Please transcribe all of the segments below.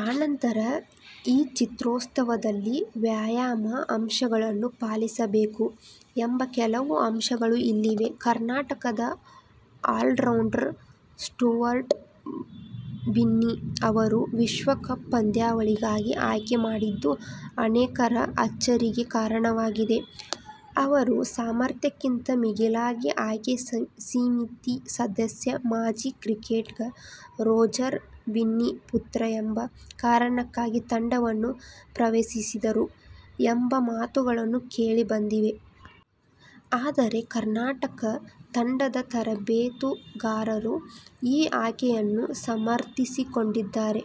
ಆ ನಂತರ ಈ ಚಿತ್ರೋತ್ಸವದಲ್ಲಿ ಯಾವ್ಯಾವ ಅಂಶಗಳನ್ನು ಪಾಲಿಸಬೇಕು ಎಂಬ ಕೆಲವು ಅಂಶಗಳು ಇಲ್ಲಿವೆ. ಕರ್ನಾಟಕದ ಆಲ್ರೌಂಡರ್ ಸ್ಟುವರ್ಟ್ ಬಿನ್ನಿ ಅವರನ್ನು ವಿಶ್ವಕಪ್ ಪಂದ್ಯಾವಳಿಗಾಗಿ ಆಯ್ಕೆ ಮಾಡಿದ್ದು ಅನೇಕರ ಅಚ್ಚರಿಗೆ ಕಾರಣವಾಗಿದೆ. ಅವರು ಸಾಮರ್ಥ್ಯಕ್ಕಿಂತ ಮಿಗಿಲಾಗಿ ಆಯ್ಕೆ ಸಮಿತಿ ಸದಸ್ಯ, ಮಾಜಿ ಕ್ರಿಕೆಟಿಗ ರೋಜರ್ ಬಿನ್ನಿ ಪುತ್ರ ಎಂಬ ಕಾರಣಕ್ಕಾಗಿ ತಂಡವನ್ನು ಪ್ರವೇಶಿಸಿದರು ಎಂಬ ಮಾತುಗಳೂ ಕೇಳಿಬಂದಿವೆ. ಆದರೆ ಕರ್ನಾಟಕ ತಂಡದ ತರಬೇತುದಾರರು ಈ ಆಯ್ಕೆಯನ್ನು ಸಮರ್ಥಿಸಿಕೊಂಡಿದ್ದಾರೆ.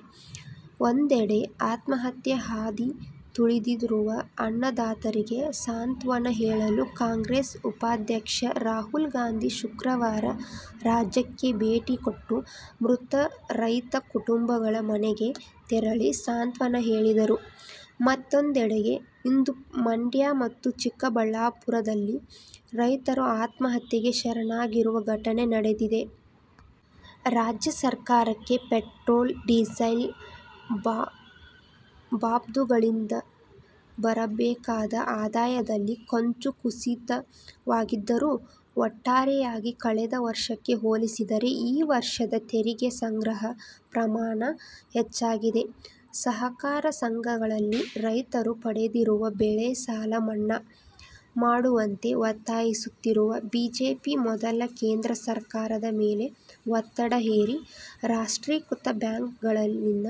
ಒಂದೆಡೆ ಆತ್ಮಹತ್ಯೆ ಹಾದಿ ತುಳಿದಿರುವ ಅನ್ನದಾತರಿಗೆ ಸಾಂತ್ವನ ಹೇಳಲು ಕಾಂಗ್ರೆಸ್ ಉಪಾಧ್ಯಕ್ಷ ರಾಹುಲ್ ಗಾಂಧಿ ಶುಕ್ರವಾರ ರಾಜ್ಯಕ್ಕೆ ಭೇಟಿ ಕೊಟ್ಟು ಮೃತ ರೈತ ಕುಟುಂಬಗಳ ಮನೆಗೆ ತೆರಳಿ ಸಾಂತ್ವನ ಹೇಳಿದರು. ಮತ್ತೊಂದೆಡೆ ಇಂದು ಮಂಡ್ಯ ಮತ್ತು ಚಿಕ್ಕಬಳ್ಳಾಪುರದಲ್ಲಿ ರೈತರು ಆತ್ಮಹತ್ಯೆಗೆ ಶರಣಾಗಿರುವ ಘಟನೆ ನಡೆದಿದೆ. ರಾಜ್ಯ ಸರ್ಕಾರಕ್ಕೆ ಪೆಟ್ರೋಲ್, ಡೀಸೆಲ್ ಬಾಬ್ತುಗಳಿಂದ ಬರಬೇಕಾದ ಆದಾಯದಲ್ಲಿ ಕೊಂಚ ಕುಸಿತವಾಗಿದ್ದರೂ ಒಟ್ಟಾರೆಯಾಗಿ ಕಳೆದ ವರ್ಷಕ್ಕೆ ಹೋಲಿಸಿದರೆ ಈ ವರ್ಷದ ತೆರಿಗೆ ಸಂಗ್ರಹ ಪ್ರಮಾಣ ಹೆಚ್ಚಾಗಿದೆ. ಸಹಕಾರ ಸಂಘಗಳಲ್ಲಿ ರೈತರು ಪಡೆದಿರುವ ಬೆಳೆ ಸಾಲ ಮನ್ನಾ ಮಾಡುವಂತೆ ಒತ್ತಾಯಿಸುತ್ತಿರುವ ಬಿಜೆಪಿ ಮೊದಲು ಕೇಂದ್ರ ಸರ್ಕಾರದ ಮೇಲೆ ಒತ್ತಡ ಹೇರಿ ರಾಷ್ಟ್ರೀಕೃತ ಬ್ಯಾಂಕ್ಗಳಲ್ಲಿನ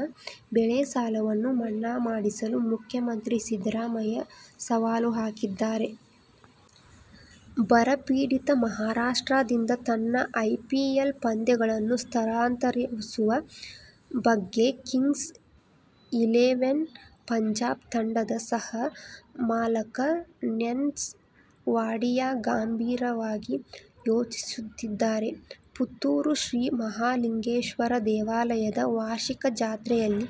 ಬೆಳೆ ಸಾಲವನ್ನು ಮನ್ನಾ ಮಾಡಿಸಲಿ ಮುಖ್ಯಮಂತ್ರಿ ಸಿದ್ದರಾಮಯ್ಯ ಸವಾಲು ಹಾಕಿದ್ದಾರೆ. ಬರಪೀಡಿತ ಮಹಾರಾಷ್ಟ್ರದಿಂದ ತನ್ನ ಐಪಿಎಲ್ ಪಂದ್ಯಗಳನ್ನು ಸ್ಥಳಾಂತರಿಸುವ ಬಗ್ಗೆ ಕಿಂಗ್ಸ್ ಇಲೆವೆನ್ ಪಂಜಾಬ್ ತಂಡದ ಸಹ ಮಾಲಕ ನೆಸ್ ವಾಡಿಯಾ ಗಂಭೀರವಾಗಿ ಯೋಚಿಸುತ್ತಿದ್ದಾರೆ. ಪುತ್ತೂರು ಶ್ರೀ ಮಹಾಲಿಂಗೇಶ್ವರ ದೇವಾಲಯದ ವಾರ್ಷಿಕ ಜಾತ್ರೆಯಲ್ಲಿ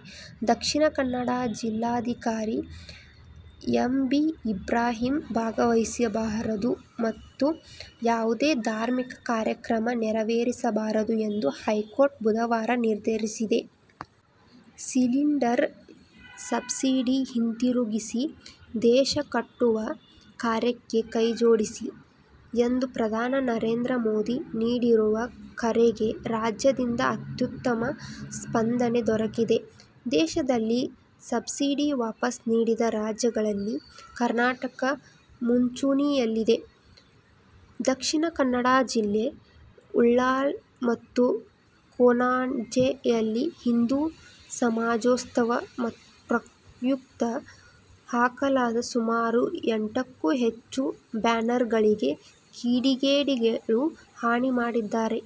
ದಕ್ಷಿಣ ಕನ್ನಡ ಜಿಲ್ಲಾಧಿಕಾರಿ ಎ. ಬಿ. ಇಬ್ರಾಹಿಂ ಭಾಗವಹಿಸಬಾರದು ಮತ್ತು ಯಾವುದೇ ಧಾರ್ಮಿಕ ಕಾರ್ಯಕ್ರಮ ನೆರವೇರಿಸಬಾರದು ಎಂದು ಹೈಕೋರ್ಟ್ ಬುಧವಾರ ನಿರ್ದೇಶಿಸಿದೆ. "ಸಿಲಿಂಡರ್ ಸಬ್ಸಿಡಿ ಹಿಂತಿರುಗಿಸಿ, ದೇಶ ಕಟ್ಟುವ ಕಾರ್ಯಕ್ಕೆ ಕೈಜೋಡಿಸಿ' ಎಂದು ಪ್ರಧಾನಿ ನರೇಂದ್ರ ಮೋದಿ ನೀಡಿರುವ ಕರೆಗೆ ರಾಜ್ಯದಿಂದ ಅತ್ಯುತ್ತಮ ಸ್ಪಂದನೆ ದೊರಕಿದ್ದು, ದೇಶದಲ್ಲೇ ಸಬ್ಸಿಡಿ ವಾಪಸ್ ನೀಡಿದ ರಾಜ್ಯಗಳಲ್ಲಿ ಕರ್ನಾಟಕ ಮುಂಚೂಣಿಯಲ್ಲಿದೆ. ದಕ್ಷಿಣ ಕನ್ನಡ ಜಿಲ್ಲೆ ಉಳ್ಳಾಲ ಮತ್ತು ಕೊಣಾಜೆಯಲ್ಲಿ ಹಿಂದೂ ಸಮಾಜೋತ್ಸವ ಪ್ರಯುಕ್ತ ಹಾಕಲಾದ ಸುಮಾರು ಎಂಟಕ್ಕೂ ಹೆಚ್ಚು ಬ್ಯಾನರ್ಗಳಿಗೆ ಕಿಡಿಗೇಡಿಗಳು ಹಾನಿ ಮಾಡಿದ್ದಾರೆ.